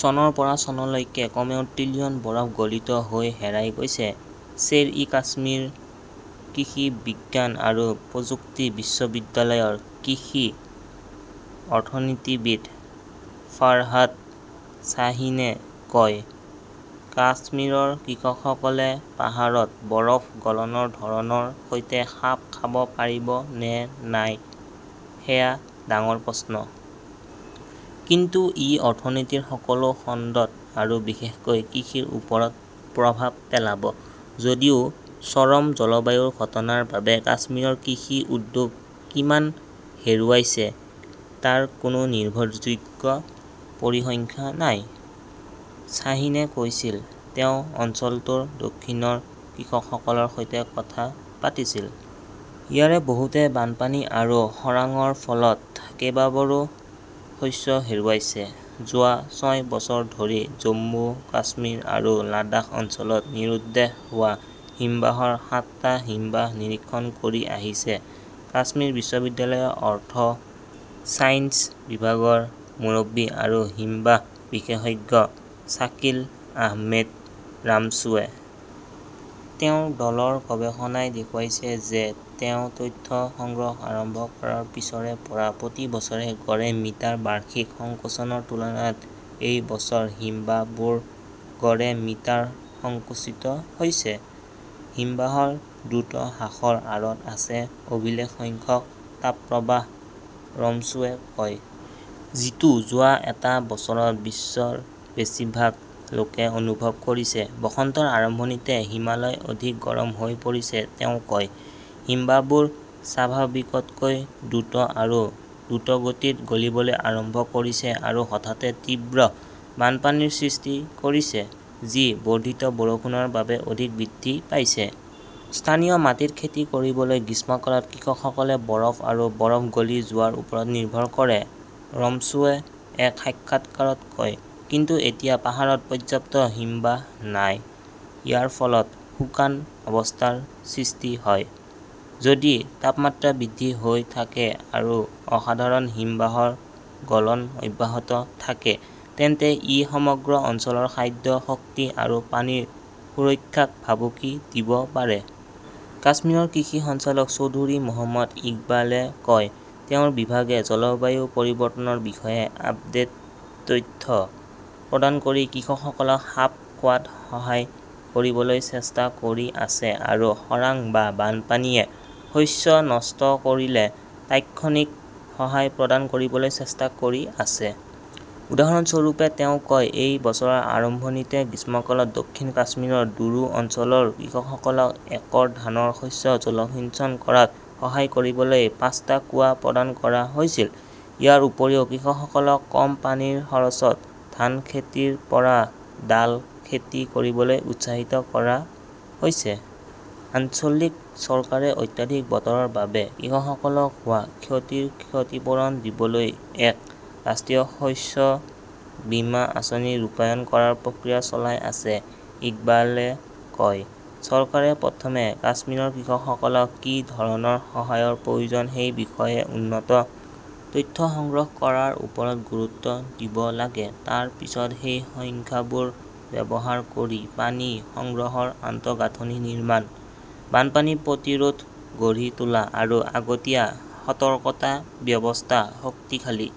চনৰ পৰা চনলৈকে কমেও ট্ৰিলিয়ন বৰফ গলিত হৈ হেৰাই গৈছে। শ্বেৰ-ই-কাশ্মীৰ কৃষি বিজ্ঞান আৰু প্ৰযুক্তি বিশ্ববিদ্যালয়ৰ কৃষি অৰ্থনীতিবিদ ফাৰহাত শ্বাহীনে কয়, কাশ্মীৰৰ কৃষকসকলে পাহাৰত বৰফ গলনৰ ধৰণৰ সৈতে খাপ খাব পাৰিব নে নাই সেয়া ডাঙৰ প্ৰশ্ন। কিন্তু ই অৰ্থনীতিৰ সকলো খণ্ডত আৰু বিশেষকৈ কৃষিৰ ওপৰত প্ৰভাৱ পেলাব। যদিও চৰম জলবায়ুৰ ঘটনাৰ বাবে কাশ্মীৰৰ কৃষি উদ্যোগ কিমান হেৰুৱাইছে তাৰ কোনো নিৰ্ভৰযোগ্য পৰিসংখ্যা নাই। শ্বাহীনে কৈছিল, তেওঁ অঞ্চলটোৰ দক্ষিণৰ কৃষকসকলৰ সৈতে কথা পাতিছিল। ইয়াৰে বহুতে বানপানী আৰু খৰাংৰ ফলত কেইবাবাৰো শস্য হেৰুৱাইছে। যোৱা ছয় বছৰ ধৰি জম্মু, কাশ্মীৰ আৰু লাডাখ অঞ্চলত নিৰুদ্দেশ হোৱা হিমবাহৰ সাতটা হিমবাহ নিৰীক্ষণ কৰি আহিছে কাশ্মীৰ বিশ্ববিদ্যালয়ৰ অৰ্থ ছায়েন্স বিভাগৰ মুৰব্বী আৰু হিমবাহ বিশেষজ্ঞ শ্বাকিল আহমেদ ৰামছুৱে। তেওঁৰ দলৰ গৱেষণাই দেখুৱাইছে যে তেওঁ তথ্য সংগ্ৰহ আৰম্ভ কৰাৰ পিছৰে পৰা প্ৰতি বছৰে গড়ে মিটাৰ বাৰ্ষিক সংকোচনৰ তুলনাত এই বছৰ হিমবাহবোৰ গড়ে মিটাৰ সংকুচিত হৈছে। হিমবাহৰ দ্ৰুত হ্ৰাসৰ আঁৰত আছে অভিলেখ সংখ্যক তাপপ্ৰবাহ, ৰমছুৱে কয়। যিটো যোৱা এটা বছৰত বিশ্বৰ বেছিভাগ লোকে অনুভৱ কৰিছে। বসন্তৰ আৰম্ভণিতে হিমালয় অধিক গৰম হৈ পৰিছে, তেওঁ কয়। হিমবাহবোৰ স্বাভাৱিকতকৈ দ্ৰুত আৰু দ্ৰুতগতিত গলিবলৈ আৰম্ভ কৰিছে আৰু হঠাতে তীব্ৰ বানপানীৰ সৃষ্টি কৰিছে, যি বৰ্ধিত বৰষুণৰ বাবে অধিক বৃদ্ধি পাইছে। স্থানীয় মাটিত খেতি কৰিবলৈ গ্ৰীষ্মকালত কৃষকসকলে বৰফ আৰু বৰফ গলি যোৱাৰ ওপৰত নিৰ্ভৰ কৰে, ৰমছুৱে এক সাক্ষাৎকাৰত কয়। কিন্তু এতিয়া পাহাৰত পৰ্যাপ্ত হিমবাহ নাই। ইয়াৰ ফলত শুকান অৱস্থাৰ সৃষ্টি হয়। "যদি তাপমাত্ৰা বৃদ্ধি হৈ থাকে আৰু অসাধাৰণ হিমবাহৰ গলন অব্যাহত থাকে তেন্তে ই সমগ্ৰ অঞ্চলৰ খাদ্য, শক্তি আৰু পানীৰ সুৰক্ষাক ভাবুকি দিব পাৰে। কাশ্মীৰৰ কৃষি সঞ্চালক চৌধুৰী মহম্মদ ইকবালই কয়, তেওঁৰ বিভাগে জলবায়ু পৰিৱৰ্তনৰ বিষয়ে আপডেট তথ্য প্ৰদান কৰি কৃষকসকলক খাপ খোৱাত সহায় কৰিবলৈ চেষ্টা কৰি আছে আৰু খৰাং বা বানপানীয়ে শস্য নষ্ট কৰিলে তাৎক্ষণিক সহায় প্ৰদান কৰিবলৈ চেষ্টা কৰি আছে। উদাহৰণস্বৰূপে, তেওঁ কয়, এই বছৰৰ আৰম্ভণিতে গ্ৰীষ্মকালত, দক্ষিণ কাশ্মীৰৰ ডোৰু অঞ্চলৰ কৃষকসকলক একৰ ধানৰ শস্য জলসিঞ্চন কৰাত সহায় কৰিবলৈ পাঁচটা কুঁৱা প্ৰদান কৰা হৈছিল। ইয়াৰ উপৰিও, কৃষকসকলক কম পানীৰ খৰচত ধান খেতিৰ পৰা ডাল খেতি কৰিবলৈ উৎসাহিত কৰা হৈছে। আঞ্চলিক চৰকাৰে অত্যাধিক বতৰৰ বাবে কৃষকসকলক হোৱা ক্ষতিৰ ক্ষতিপূৰণ দিবলৈ এক ৰাষ্ট্ৰীয় শস্য বীমা আঁচনি ৰূপায়ণ কৰাৰ প্ৰক্ৰিয়া চলাই আছে, ইকবালই কয়। চৰকাৰে প্ৰথমে কাশ্মীৰৰ কৃষকসকলক কি ধৰণৰ সহায়ৰ প্ৰয়োজন সেই বিষয়ে উন্নত তথ্য সংগ্ৰহ কৰাৰ ওপৰত গুৰুত্ব দিব লাগে, তাৰ পিছত সেই সংখ্যাবোৰ ব্যৱহাৰ কৰি পানী সংগ্ৰহৰ আন্তঃগাঁথনি নিৰ্মাণ, বানপানী প্ৰতিৰোধ গঢ়ি তোলা আৰু আগতীয়া সতৰ্কতা ব্যৱস্থা শক্তিশালী